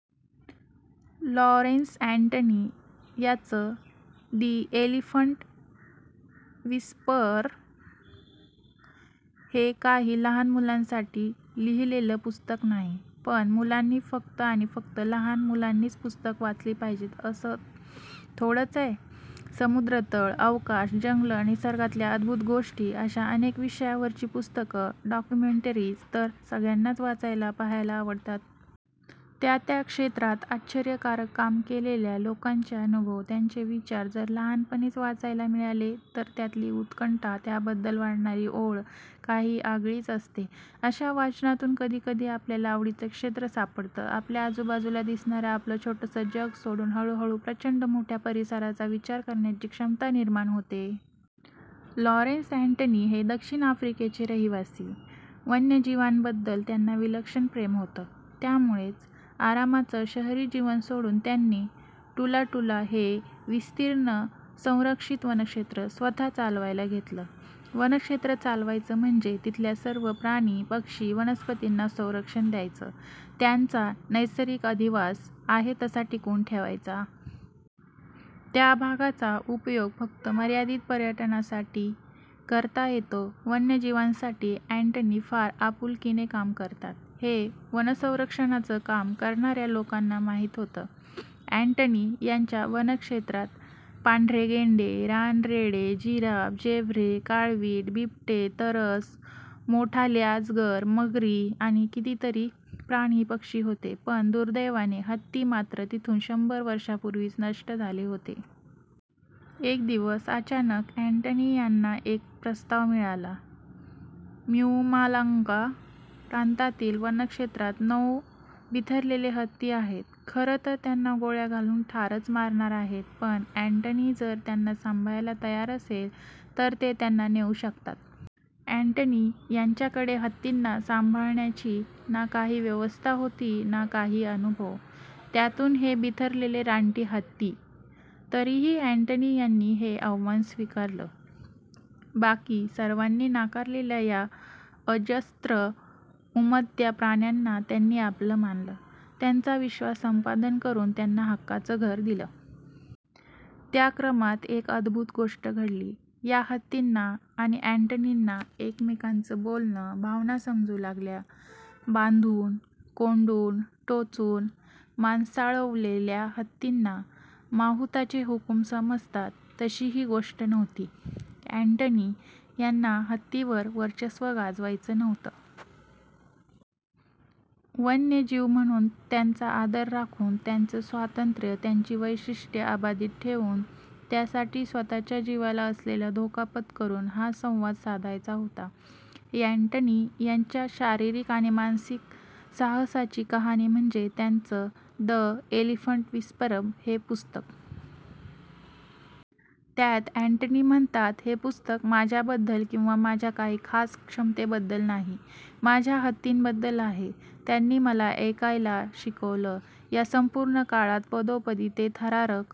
Lawrence Anthony यांचं 'the elephant whisperer' हे काही लहान मुलांसाठी लिहिलेलं पुस्तक नाही. पण मुलांनी, फक्त आणि फक्त लहान मुलांचीच पुस्तकं वाचली पाहिजेत असं थोडंच आहे? समुद्रतळ, अवकाश, जंगलं, निसर्गातल्या अद्भुत गोष्टी अशा अनेक विषयांवरची पुस्तकं, डॉक्युमेंटरीज् तर सगळ्यांनाच वाचायला, पाहायला आवडतात. त्या त्या क्षेत्रात आश्चर्यकारक काम केलेल्या लोकांचे अनुभव, त्यांचे विचार जर लहानपणीच वाचायला मिळाले, तर त्यातली उत्कंठा, त्याबद्दल वाटणारी ओढ काही आगळीच असते. अशा वाचनातूनच कधीकधी आपल्या आवडीचं क्षेत्र सापडतं. आपल्या आजूबाजूला दिसणारं आपलं छोटंसं जग सोडून हळूहळू प्रचंड मोठ्या परिसराचा विचार करायची क्षमता निर्माण होते. लॉरेन्स अँटनी हे दक्षिण आफ्रिकेचे रहिवासी. वन्यजीवांबद्दल त्यांना विलक्षण प्रेम होतं. त्यामुळेच आरामाचं शहरी जीवन सोडून त्यांनी 'टूला टूला' हे विस्तीर्ण संरक्षित वनक्षेत्र स्वतः चालवायला घेतलं. वनक्षेत्र चालवायचं म्हणजे तिथल्या सर्व प्राणी, पक्षी, वनस्पतींना संरक्षण द्यायचं, त्यांचा नैसर्गिक अधिवास, आहे तसा टिकवून ठेवायचा. त्या भागाचा उपयोग फक्त मर्यादित पर्यटनासाठी करता येतो. वन्यजीवांसाठी अँटनी फार आपुलकीने काम करतात, हे वनसंरक्षणाचं काम करणाऱ्या लोकांना माहीत होतं. अँटनी यांच्या वनक्षेत्रात पांढरे गेंडे, रानरेडे, जिराफ, झेब्रे, काळवीट, बिबटे, तरस, मोठाले अजगर, मगरी, आणि कितीतरी प्राणी-पक्षी होते, पण दुर्दैवाने हत्ती मात्र तिथून शंभर वर्षांपूर्वीच नष्ट झाले होते. एक दिवस अचानक अँटनी यांना एक प्रस्ताव मिळाला – म्पुमालांगा प्रांतातील वनक्षेत्रात नऊ बिथरलेले हत्ती आहेत, खरं तर त्यांना गोळ्या घालून ठारच मारणार आहेत, पण अँटनी जर त्यांना सांभाळायला तयार असले, तर ते त्यांना नेऊ शकतात! अँटनी यांच्याकडे हत्तींना सांभाळण्याची ना काही व्यवस्था होती, ना काही अनुभव. त्यातून हे बिथरलेले रानटी हत्ती! तरीही अँटनी यांनी हे आव्हान स्वीकारलं. बाकी सर्वांनी नाकारलेल्या या अजस्र, उमद्या प्राण्यांना त्यांनी आपलं मानलं. त्यांचा विश्वास संपादन करून त्यांना हक्काचं घर दिलं. त्या क्रमात एक अद्भुत गोष्ट घडली. या हत्तींना आणि अँटनींना एकमेकांचं बोलणं, भावना समजू लागल्या. बांधून, कोंडून, टोचून 'माणसाळवलेल्या' हत्तींना माहूताचे हुकूम समजतात, तशी ही गोष्ट नव्हती. अँटनी यांना हत्तींवर वर्चस्व गाजवायचं नव्हतं. वन्यजीव म्हणून त्यांचा आदर राखून, त्यांचं स्वातंत्र्य, त्यांची वैशिष्ट्यं अबाधित ठेवून, त्यासाठी स्वतःच्या जिवाला असलेला धोका पत्करून हा संवाद साधायचा होता. अँटनी यांच्या या शारीरिक आणि मानसिक साहसाची कहाणी म्हणजे त्यांचं 'दि एलिफंट विस्परर' हे पुस्तक. त्यात अँटनी म्हणतात हे पुस्तक माझ्याबद्दल, किंवा माझ्या काही खास क्षमतेबद्दल नाही, माझ्या हत्तींबद्दल आहे. त्यांनी मला 'ऐकायला' शिकवलं. या संपूर्ण काळात पदोपदी जे थरारक